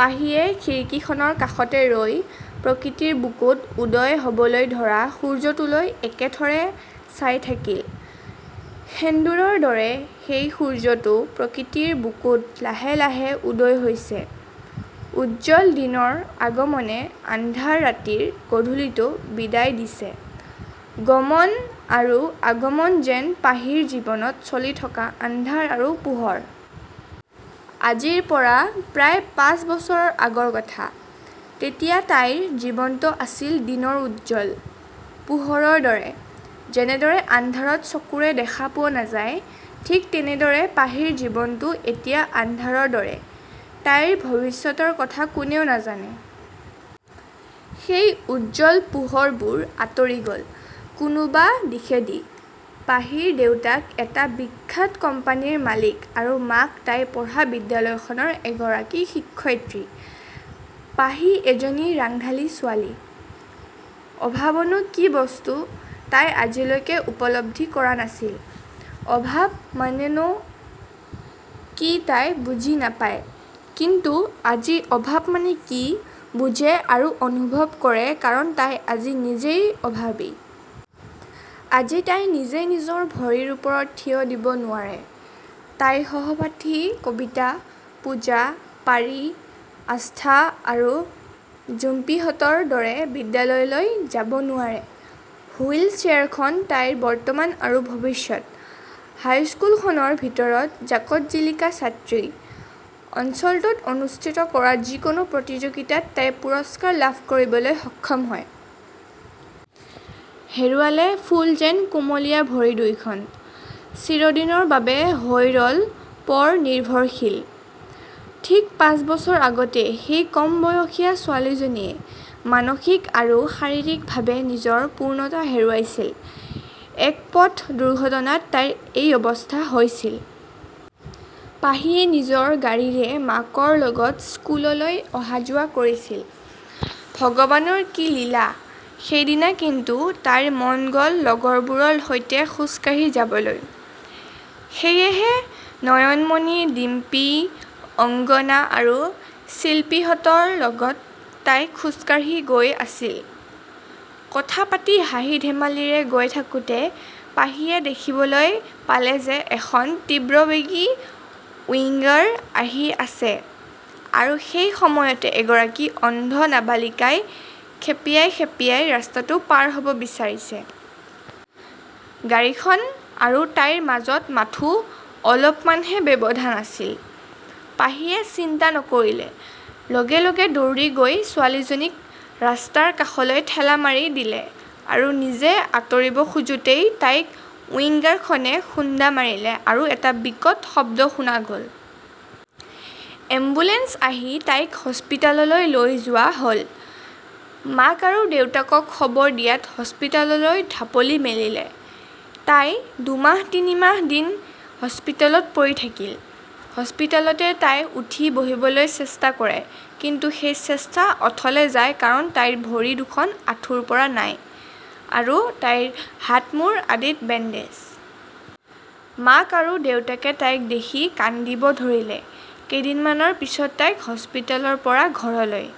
পাহিয়ে খিৰিকীখনৰ কাষতে ৰৈ প্ৰকৃতিৰ বুকুত উদয় হ'বলৈ ধৰা সূৰ্যটোলৈ একেথৰে চাই থাকিল। সেন্দুৰৰ দৰে সেই সূৰ্যটো প্ৰকৃতিৰ বুকুত লাহে লাহে উদয় হৈছে। উজ্জ্বল দিনৰ আগমনে আন্ধাৰ ৰাতিৰ গধূলিটো বিদায় দিছে। গমন আৰু আগমন যেন পাহিৰ জীৱনত চলি থকা আন্ধাৰ আৰু পােহৰ। আজিৰ পৰা প্ৰায় পাঁচ বছৰৰ আগৰ কথা। তেতিয়া তাইৰ জীৱনটো আছিল দিনৰ উজ্জ্বল। পােহৰৰ দৰে। যেনেদৰে আন্ধাৰত চকুৰে দেখা পােৱা নাযায় ঠিক তেনেদৰে পাহিৰ জীৱনটো এতিয়া আন্ধাৰৰ দৰে। তাইৰ ভৱিষ্যতৰ কথা কোনেও নাজানে। সেই উজ্জ্বল পোহৰবােৰ আঁতৰি গ'ল কোনােবা দিশেদি। পাহিৰ দেউতাক এটা বিখ্যাত কোম্পানীৰ মালিক আৰু মাক তাই পঢ়া বিদ্যালয়খনৰ এগৰাকী শিক্ষয়িত্ৰী। পাহি এজনী ৰাংঢালী ছােৱালী। অভাৱনাে কি বস্তু তাই আজিলৈকে উপলব্ধি কৰা নাছিল। অভাৱ মানেননা কি তাই বুজি নাপায়, কিন্তু আজি অভাৱ মানে কি বুজে আৰু অনুভৱ কৰে কাৰণ তাই আজি নিজইে অভাৱী। আজি তাই নিজে নিজৰ ভৰিৰ ওপৰত থিয় দিব নােৱাৰে। তাই সহপাঠী কবিতা, পূজা, পৰী, আস্থা আৰু জুম্পীহঁতৰ দৰে বিদ্যালয়লৈ যাব নােৱাৰে। হুইল চেয়াৰখন তাইৰ বৰ্তমান আৰু ভৱিষ্যত। হাইস্কুলখনৰ ভিতৰত জাকত-জিলিকা ছাত্ৰী। অঞ্চলটোত অনুষ্ঠিত কৰা যিকোনাে প্ৰতিযােগিতাত তাই পুৰস্কাৰ লাভ কৰিবলৈ সক্ষম হয়। হেৰুৱালে ফুল যেন কুমলীয়া ভৰি দুইখন। চিৰদিনৰ বাবে হৈ ৰ'ল পৰ নিৰ্ভৰশীল। ঠিক পাঁচ বছৰৰ আগতে সেই কম বয়সীয়া ছােৱালীজনীয়ে মানসিক আৰু শাৰীৰিকভাৱে নিজৰ পূৰ্ণতা হেৰুৱাইছিল। এক পথ দুৰ্ঘটনাত তাইৰ এই অৱস্থা হৈছিল। পাহিয়ে নিজৰ গাড়ীৰে মাকৰ লগত স্কুললৈ অহা-যােৱা কৰিছিল। ভগৱানৰ কি লীলা। সেইদিনা কিন্তু তাইৰ মন গ'ল লগৰবােৰৰ সৈতে খােজ কাঢ়ি যাবলৈ। সেয়েহে নয়নমণি, ডিম্পী, অংগনা আৰু চিল্পীহঁতৰ লগত তাই খােজকাঢ়ি গৈ আছিল। কথা পাতি, হাঁহি-ধেমালিৰে গৈ থাকোতে পাহিয়ে দেখিবলৈ পালে যে এখন তীব্ৰবেগী উইংগাৰ আহি আছে আৰু সেই সময়তে এগৰাকী অন্ধ নাবালিকাই খেপিয়াই খেপিয়াই ৰাস্তাটো পাৰ হ'ব বিচাৰিছে। গাড়ীখন আৰু তাইৰ মাজত মাথাে, অলপমানহে ব্যৱধান আছিল। পাহিয়ে চিন্তা নকৰিলে, লগে লগে দৌৰি গৈ ছােৱালীজনীক ৰাস্তাৰ কাষলৈ ঠেলা মাৰি দিলে আৰু নিজে আঁতৰিব খােজোতেই তাইক উইংগাৰখনে খুন্দা মাৰিলে আৰু এটা বিকট শব্দ শুনা গ'ল। এম্বুলেঞ্চ আহি তাইক হস্পিতাললৈ লৈ যােৱা হ'ল। মাক আৰু দেউতাকক খবৰ দিয়াত হস্পিতাললৈ ঢাপলি মেলিলে। তাই দুমাহ-তিনিমাহ দিন হস্পিতালত পৰি থাকিল। হস্পিতালতে তাই উঠি বহিবলৈ চেষ্টা কৰে কিন্তু সেই চেষ্টা অথলে যায় কাৰণ তাইৰ ভৰি দুখন আঁঠুৰ পৰা নাই আৰু তাইৰ হাত-মূৰ আদিত বেণ্ডেজ। মাক আৰু দেউতাকে তাইক দেখি কান্দিব ধৰিলে। কেইদিনমানৰ পিছত তাইক হস্পিতালৰ পৰা ঘৰলৈ